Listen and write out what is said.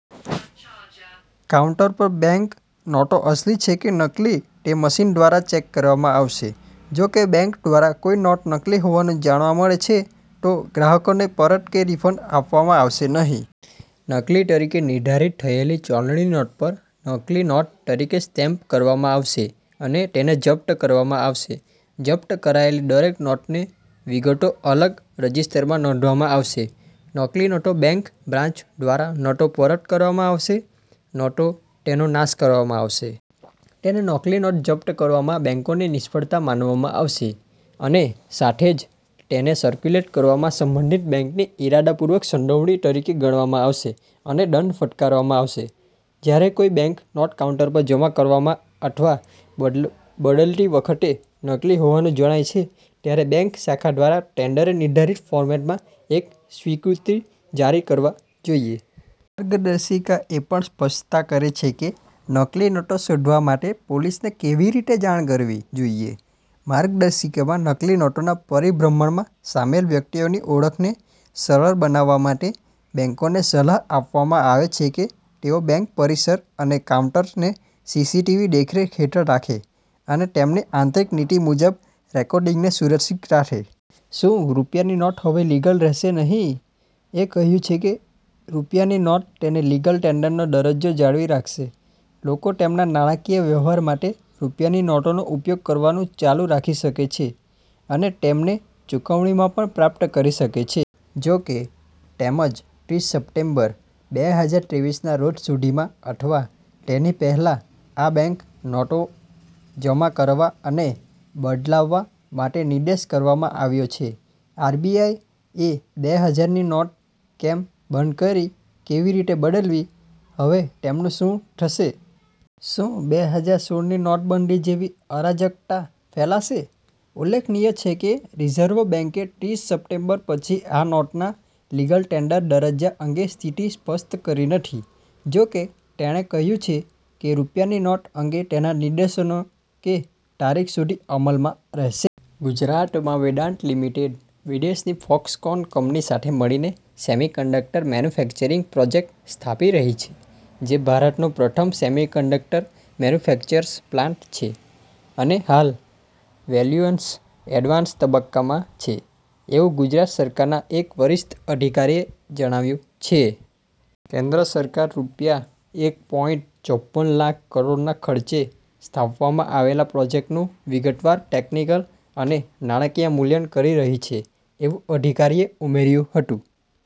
Counter પર bank નોટો અસલી છે કે નકલી તે મશીન દ્વારા ચેક કરવામાં આવશે. જો બેંક દ્વારા કોઈ નોટ નકલી હોવાનું જાણવા મળે છે, તો ગ્રાહકને તે પરત કે રિફંડ આપવામાં આવશે નહીં. નકલી તરીકે નિર્ધારિત થયેલી ચલણી નોટ પર "નકલી નોટ" તરીકેનું સ્ટેમ્પ કરવામાં આવશે અને તેને જપ્ત કરવામાં આવશે. જપ્ત કરાયેલી દરેક નોટની વિગતો અલગ રજીસ્ટરમાં નોંધવામાં આવશે. નકલી નોટો બેંક બ્રાન્ચ દ્વારા ન તો પરત કરવામાં આવશે અને ન તો તેનો નાશ કરવામાં આવશે. તેને નકલી નોટો જપ્ત કરવામાં બેંકોની નિષ્ફળતા માનવામાં આવશે અને સાથે જ તેને સર્ક્યુલેટ કરવામાં સંબંધિત બેંકની ઇરાદાપૂર્વકની સંડોવણી તરીકે ગણવામાં આવશે અને દંડ ફટકારવામાં આવશે. જ્યારે કોઈ બેંક નોટ કાઉન્ટર પર જમા કરવામાં અથવા બદલાતી વખતે નકલી હોવાનું જણાય છે, ત્યારે બેંક શાખા દ્વારા ટેન્ડરે નિર્ધારિત ફોર્મેટમાં એક સ્વીકૃતિ જારી કરવી જોઈએ. માર્ગદર્શિકા એ પણ સ્પષ્ટતા કરે છે કે નકલી નોટો શોધવા માટે પોલીસને કેવી રીતે જાણ કરવી જોઈએ. માર્ગદર્શિકામાં નકલી નોટોના પરિભ્રમણમાં સામેલ વ્યક્તિઓની ઓળખને સરળ બનાવવા માટે, બેંકોને સલાહ આપવામાં આવી છે કે તેઓ બેંક પરિસર અને કાઉન્ટર્સને સીસીટીવી દેખરેખ હેઠળ રાખે અને તેમની આંતરિક નીતિ મુજબ રેકોર્ડિંગને સુરક્ષિત રાખે. શું રૂપિયાની નોટ હવે લીગલ ટેન્ડર રહેશે નહીં? એ કહ્યું છે કે રૂપિયાની નોટ તેનો લીગલ ટેન્ડરનો દરજ્જો જાળવી રાખશે. લોકો તેમના નાણાંકીય વ્યવહાર માટે રૂપિયાની નોટોનો ઉપયોગ કરવાનું ચાલુ રાખી શકે છે અને તેમને ચુકવણીમાં પણ પ્રાપ્ત કરી શકે છે. જો કે, તેમને ત્રીસ સપ્ટેમ્બર, બેહજાર ત્રેવીસના રોજ સુધીમાં અથવા તેની પહેલાં આ બેંક નોટો જમા કરવા અને બદલાવવા માટે નિર્દેશ કરવામાં આવ્યો છે. આરબીઆઇ એ બે હજાર ની નોટ કેમ બંધ કરી, કેવી રીતે બદલવી, હવે તેમનું શું થશે. શું બે હજાર સોળ ની નોટબંધી જેવી અરાજકતા ફેલાશે? ઉલ્લેખનિય છે કે, રિઝર્વ બેંકે ત્રીસ સપ્ટેમ્બર પછી આ નોટોના લીગલ ટેન્ડર દરજ્જા અંગે સ્થિતિ સ્પષ્ટ કરી નથી. જો કે, તેણે કહ્યું છે કે રૂપિયાની નોટો અંગે તેના નિર્દેશો તે તારીખ સુધી અમલમાં રહેશે. ગુજરાતમાં વેદાંત લિમિટેડ વિદેશની ફોક્સકોન કંપનીની સાથે મળીને સેમિકન્ડક્ટર મેન્યુફેક્ચરિંગ પ્રોજેક્ટ સ્થાપી રહી છે. જે ભારતનો પ્રથમ સેમિકન્ડક્ટર મેન્યુફેક્ચર્સ પ્લાન્ટ છે અને હાલ "વેલ્યૂશનના એડવાન્સ તબક્કામાં" છે, એવું ગુજરાત સરકારના એક વરિષ્ઠ અધિકારીએ જણાવ્યું છે. કેન્દ્ર સરકાર રૂપિયા એક પોઈંટ ચોપન લાખ કરોડના ખર્ચે સ્થાપવામાં આવેલા પ્રોજેક્ટનું વિગતવાર ટેકનિકલ અને નાણાકીય મૂલ્યાંકન કરી રહી છે, એવું અધિકારીએ ઉમેર્યું હતું.